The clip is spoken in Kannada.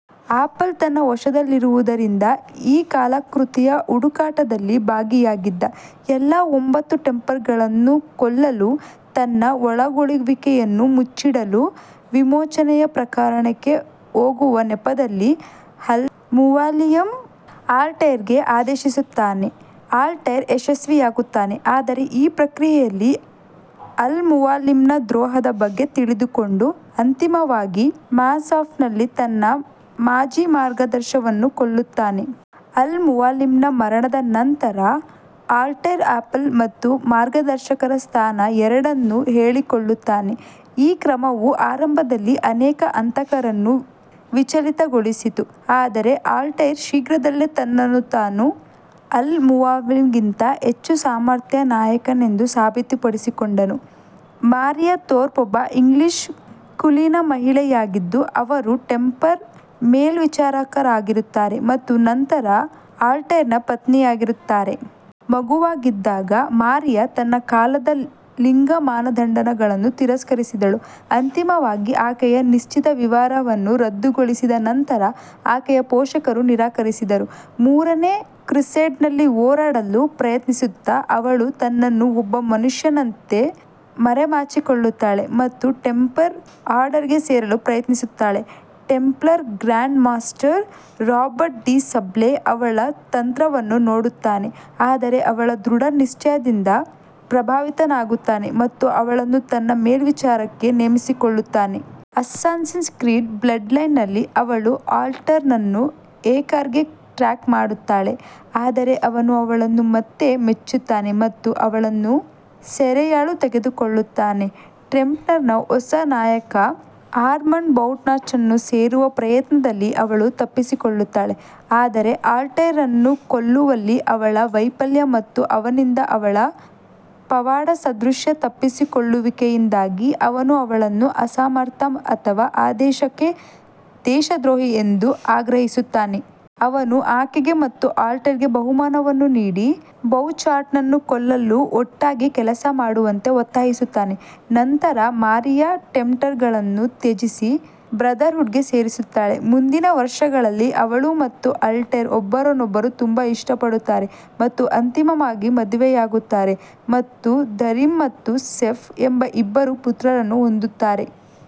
ಆಪಲ್ ತನ್ನ ವಶದಲ್ಲಿರುವುದರಿಂದ, ಈ ಕಲಾಕೃತಿಯ ಹುಡುಕಾಟದಲ್ಲಿ ಭಾಗಿಯಾಗಿದ್ದ ಎಲ್ಲಾ ಒಂಬತ್ತು ಟೆಂಪ್ಲರ್ಗಳನ್ನು ಕೊಲ್ಲಲು, ತನ್ನ ಒಳಗೊಳ್ಳುವಿಕೆಯನ್ನು ಮುಚ್ಚಿಡಲು, ವಿಮೋಚನೆಯ ಪ್ರಯಾಣಕ್ಕೆ ಹೋಗುವ ನೆಪದಲ್ಲಿ ಅಲ್ ಮುವಾಲಿಮ್ ಆಲ್ಟೈರ್ಗೆ ಆದೇಶಿಸುತ್ತಾನೆ. ಅಲ್ತೈರ್ ಯಶಸ್ವಿಯಾಗುತ್ತಾನೆ, ಆದರೆ ಈ ಪ್ರಕ್ರಿಯೆಯಲ್ಲಿ ಅಲ್ ಮುವಾಲಿಮ್ನ ದ್ರೋಹದ ಬಗ್ಗೆ ತಿಳಿದುಕೊಂಡು, ಅಂತಿಮವಾಗಿ ಮಾಸ್ಯಾಫ್ನಲ್ಲಿ ತನ್ನ ಮಾಜಿ ಮಾರ್ಗದರ್ಶಿಯನ್ನು ಕೊಲ್ಲುತ್ತಾನೆ. ಅಲ್ ಮುವಾಲಿಮ್ನ ಮರಣದ ನಂತರ, ಆಲ್ಟೈರ್ ಆಪಲ್ ಮತ್ತು ಮಾರ್ಗದರ್ಶಕರ ಸ್ಥಾನ ಎರಡನ್ನೂ ಹೇಳಿಕೊಳ್ಳುತ್ತಾನೆ; ಈ ಕ್ರಮವು ಆರಂಭದಲ್ಲಿ ಅನೇಕ ಹಂತಕರನ್ನು ವಿಚಲಿತಗೊಳಿಸಿತು, ಆದರೆ ಆಲ್ಟೈರ್ ಶೀಘ್ರದಲ್ಲೇ ತನ್ನನ್ನು ತಾನು ಅಲ್ ಮುವಾಲಿಮ್ಗಿಂತ ಹೆಚ್ಚು ಸಮರ್ಥ ನಾಯಕನೆಂದು ಸಾಬೀತುಪಡಿಸಿಕೊಂಡನು. ಮಾರಿಯಾ ಥೋರ್ಪ್ ಒಬ್ಬ ಇಂಗ್ಲಿಷ್ ಕುಲೀನ ಮಹಿಳೆಯಾಗಿದ್ದು, ಅವರು ಟೆಂಪ್ಲರ್ ಮೇಲ್ವಿಚಾರಕರಾಗುತ್ತಾರೆ ಮತ್ತು ನಂತರ ಆಲ್ಟೈರ್ನ ಪತ್ನಿಯಾಗುತ್ತಾರೆ. ಮಗುವಾಗಿದ್ದಾಗ, ಮಾರಿಯಾ ತನ್ನ ಕಾಲದ ಲಿಂಗ ಮಾನದಂಡಗಳನ್ನು ತಿರಸ್ಕರಿಸಿದಳು, ಅಂತಿಮವಾಗಿ ಆಕೆಯ ನಿಶ್ಚಿತ ವಿವಾಹವನ್ನು ರದ್ದುಗೊಳಿಸಿದ ನಂತರ ಆಕೆಯ ಪೋಷಕರು ನಿರಾಕರಿಸಿದರು. ಮೂರನೇ ಕ್ರುಸೇಡ್ನಲ್ಲಿ ಹೋರಾಡಲು ಪ್ರಯತ್ನಿಸುತ್ತಾ, ಅವಳು ತನ್ನನ್ನು ಒಬ್ಬ ಮನುಷ್ಯನಂತೆ ಮರೆಮಾಚಿಕೊಳ್ಳುತ್ತಾಳೆ ಮತ್ತು ಟೆಂಪ್ಲರ್ ಆರ್ಡರ್ಗೆ ಸೇರಲು ಪ್ರಯತ್ನಿಸುತ್ತಾಳೆ. Templar grand master, Robert de Sable, ಅವಳ ತಂತ್ರವನ್ನು ನೋಡುತ್ತಾನೆ, ಆದರೆ ಅವಳ ದೃಢ ನಿಶ್ಚಯದಿಂದ ಪ್ರಭಾವಿತನಾಗುತ್ತಾನೆ ಮತ್ತು ಅವಳನ್ನು ತನ್ನ ಮೇಲ್ವಿಚಾರಕರಾಗಿ ನೇಮಿಸಿಕೊಳ್ಳುತ್ತಾನೆ. ಅಸ್ಸಾಸಿನ್ಸ್ ಕ್ರೀಡ್ಃ ಬ್ಲಡ್ ಲೈನ್ಸ್ ನಲ್ಲಿ, ಅವಳು ಆಲ್ಟೈರ್ ಅನ್ನು ಏಕರ್ಗೆ ಟ್ರ್ಯಾಕ್ ಮಾಡುತ್ತಾಳೆ, ಆದರೆ ಅವನು ಅವಳನ್ನು ಮತ್ತೆ ಮೆಚ್ಚುತ್ತಾನೆ ಮತ್ತು ಅವಳನ್ನು ಸೆರೆಯಾಳು ತೆಗೆದುಕೊಳ್ಳುತ್ತಾನೆ. ಟೆಂಪ್ಲರ್ನ ಹೊಸ ನಾಯಕ ಆರ್ಮಂಡ್ ಬೌಚಾರ್ಟ್ನನ್ನು ಸೇರುವ ಪ್ರಯತ್ನದಲ್ಲಿ ಅವಳು ತಪ್ಪಿಸಿಕೊಳ್ಳುತ್ತಾಳೆ, ಆದರೆ ಆಲ್ಟೈರ್ ಅನ್ನು ಕೊಲ್ಲುವಲ್ಲಿ ಅವಳ ವೈಫಲ್ಯ ಮತ್ತು ಅವನಿಂದ ಅವಳ "ಪವಾಡಸದೃಶ" ತಪ್ಪಿಸಿಕೊಳ್ಳುವಿಕೆಯಿಂದಾಗಿ, ಅವನು ಅವಳನ್ನು ಅಸಮರ್ಥ ಅಥವಾ ಆದೇಶಕ್ಕೆ ದೇಶದ್ರೋಹಿ ಎಂದು ಗ್ರಹಿಸುತ್ತಾನೆ. ಅವನು ಆಕೆಗೆ ಮತ್ತು ಆಲ್ಟೈರ್ಗೆ ಬಹುಮಾನವನ್ನು ನೀಡಿ, ಬೌಚಾರ್ಟ್ನನ್ನು ಕೊಲ್ಲಲು ಒಟ್ಟಾಗಿ ಕೆಲಸ ಮಾಡುವಂತೆ ಒತ್ತಾಯಿಸುತ್ತಾನೆ, ನಂತರ ಮಾರಿಯಾ ಟೆಂಪ್ಲರ್ಗಳನ್ನು ತ್ಯಜಿಸಿ ಬ್ರದರ್ಹುಡ್ಗೆ ಸೇರುತ್ತಾಳೆ. ಮುಂದಿನ ವರ್ಷಗಳಲ್ಲಿ, ಅವಳು ಮತ್ತು ಆಲ್ಟೈರ್ ಒಬ್ಬರನ್ನೊಬ್ಬರು ತುಂಬಾ ಇಷ್ಟಪಡುತ್ತಾರೆ ಮತ್ತು ಅಂತಿಮವಾಗಿ ಮದುವೆಯಾಗುತ್ತಾರೆ ಮತ್ತು ದರಿಮ್ ಮತ್ತು ಸೆಫ್ ಎಂಬ ಇಬ್ಬರು ಪುತ್ರರನ್ನು ಹೊಂದಿದ್ದಾರೆ.